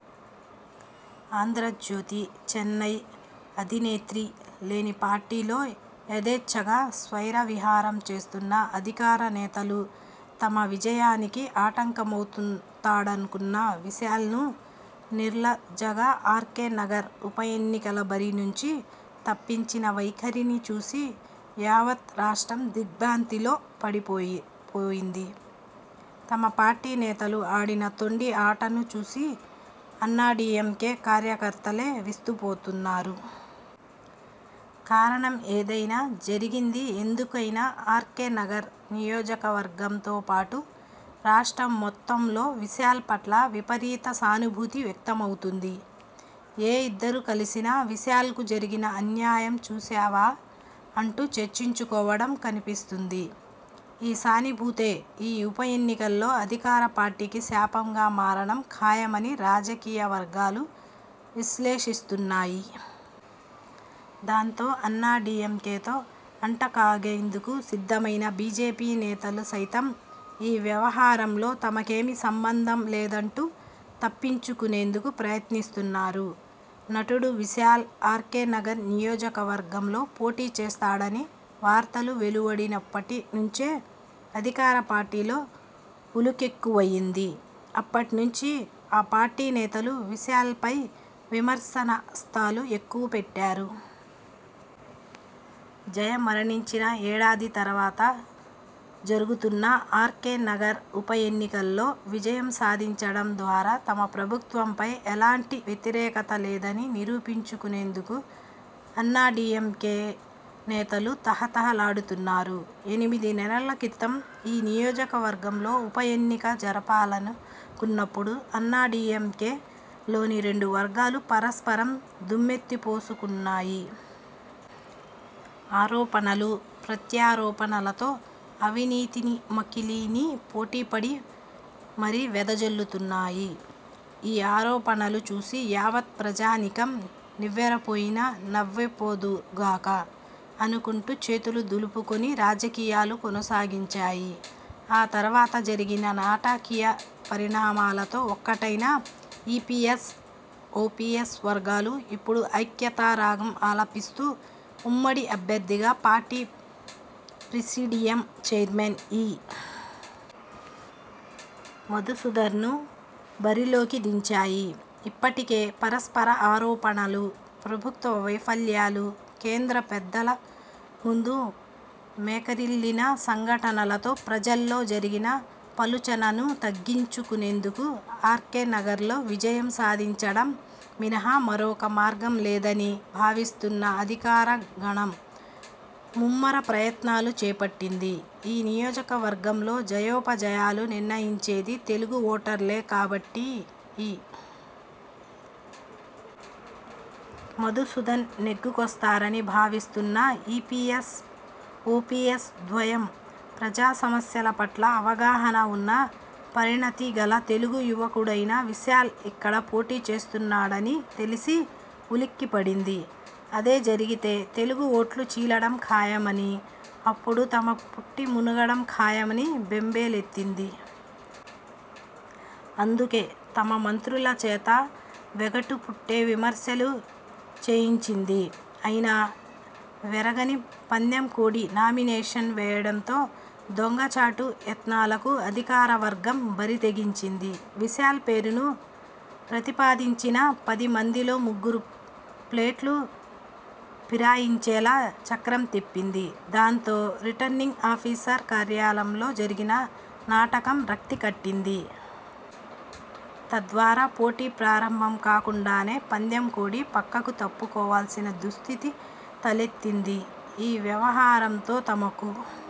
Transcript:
ఆంధ్రజ్యోతి, చెన్నై అధినేత్రి లేని పార్టీలో యధేచ్ఛగా స్వైర విహారం చేస్తున్న అధికార నేతలు, తమ విజయానికి ఆటంకమవుతాడనుకున్న విశాల్ను నిర్లజ్జగా ఆర్కే నగర్ ఉప ఎన్నికల బరి నుంచి తప్పించిన వైఖరిని చూసి యావత్ రాష్ట్రం దిగ్ర్భాంతిలో పడి పోయింది. తమ పార్టీ నేతలు ఆడిన తొండి ఆటను చూసి అన్నాడీఎంకే కార్య కర్తలే విస్తు పోతున్నారు. కారణం ఏదైనా, జరిగింది ఎందు కైనా ఆర్కే నగర్ నియోజక వర్గంతో పాటు రాష్ట్రం మొత్తం లో విశాల్ పట్ల విపరీత సానుభూతి వ్యక్త మవుతోంది. ఏ ఇద్దరు కలిసినా విశాల్కు జరిగిన అన్యాయం చూశావా? అంటూ చర్చించు కోవడం కనిపిస్తోంది. ఈ సానుభూతే ఈ ఉప ఎన్నికలో అధికార పార్టీకి శాపంగా మారడం ఖాయమని రాజకీయ వర్గాలు విశ్లేషిస్తున్నాయి. దాంతో అన్నా డీఎంకేతో అంట కాగేందుకు సిద్ధమైన బీజేపీ నేతలు సైతం ఈ వ్యవహారం లో తమకేమీ సంబంధం లేదంటూ తప్పించు కునేందుకు ప్రయత్నిస్తున్నారు. నటుడు విశాల్ ఆర్కే నగర్ నియోజక వర్గంలో పోటీ చేస్తాడని వార్తలు వెలు వడినప్పటి నుంచే అధికార పార్టీలో ఉలుకెక్కువైంది. అప్పటి నుంచి ఆ పార్టీ నేతలు విశాల్పై విమర్శ నాస్త్రాలు ఎక్కు పెట్టారు. జయ మరణించిన ఏడాది తరువాత జరు గుతున్న ఆర్కే నగర్ ఉప ఎన్నికల్లో విజయం సాధించడం ద్వారా తమ ప్రభుత్వం పై ఎలాంటి వ్యతిరేకత లేదని నిరూపించు కునేందుకు అన్నా డీఎంకే నేతలు తహతహ లాడుతున్నారు. ఎనిమిది నెలల క్రితం ఈ నియోజక వర్గంలో ఉప ఎన్నిక జరపాలను కున్నప్పుడు అన్నా డీఎంకే లోని రెండు వర్గాలు పరస్పరం దుమ్మెత్తిపోసు కున్నాయి. ఆరోపణలు, ప్రత్యా రోపణలతో 'అవినీతి మకిలీ'ని పోటీపడి మరీ వెద జల్లు కున్నాయి. ఈ ఆరోపణలు చూసి యావత్ ప్రజానీకం నివ్వెర పోయినా, నవ్వి పోదురుగాక! అనుకుంటూ చేతులు దులుపుకుని రాజకీయాలు కొనసాగించాయి. ఆ తరువాత జరిగిన నాటకీయ పరిణామాలతో ఒక్కటైన ఈపీఎస్, ఓపీఎస్ వర్గాలు ఇప్పుడు ఐక్యతా రాగం ఆలపిస్తూ, ఉమ్మడి అభ్యర్థిగా పార్టీ ప్రిసీడియం చైర్మన్ ఇ. మధుసూదన్ను బరిలోకి దించాయి. ఇప్పటికే పరస్పర ఆరోపణలు, ప్రభుత్వ వైఫల్యాలు, కేంద్ర పెద్దల, ముందు మేకరిల్లిన సంఘటనలతో ప్రజల్లో జరిగిన పలుచనను తగ్గించు కునేందుకు ఆర్కే నగర్లో విజయం సాధించడం మినహా మరొక మార్గం లేదని భావిస్తున్న అధికార గణం, ముమ్మర ప్రయత్నాలు చేపట్టింది. ఈ నియోజక వర్గంలో జయాపజయాలు నిర్ణయించేది తెలుగు ఓటర్లే కాబట్టి ఇ. మధుసూదన్ నెగ్గుకొస్తారని భావిస్తున్న ఈపీఎస్ ఓపీఎస్ ధ్వయం, ప్రజా సమస్యల పట్ల అవగాహన వున్న పరిణతి గల తెలుగు యువకుడైన విశాల్ ఇక్కడ పోటీ చేస్తున్నాడని తెలిసి ఉలిక్కి పడింది. అదే జరిగితే తెలుగు ఓట్లు చీలడం ఖాయమని, అప్పుడు తమ పుట్టి మునగడం ఖాయమని బెంబే లెత్తింది. అందుకే తమ మంత్రుల చేత వెగటు పుట్టే విమర్శలు చేయించింది. అయినా వెరవని 'పందెం కోడి' నామినేషన్ వేయడంతో 'దొంగ చాటు' యత్నాలకు అధికార వర్గం బరి తెగించింది. విశాల్ పేరును ప్రతి పాదించిన పది మందిలో ముగ్గురు ప్లేటు ఫిరాయించేలా చక్రం తిప్పింది. దాంతో రిటర్నింగ్ ఆఫీసర్ కార్యాలయంలో జరిగిన 'నాటకం' రక్తి కట్టింది. తద్వారా పోటీ ప్రారంభం కాకుండానే పందెం కోడి పక్కకు తప్పు కోవాల్సిన దుస్థితి తలెత్తింది. ఈ వ్యవహారంతో తమకు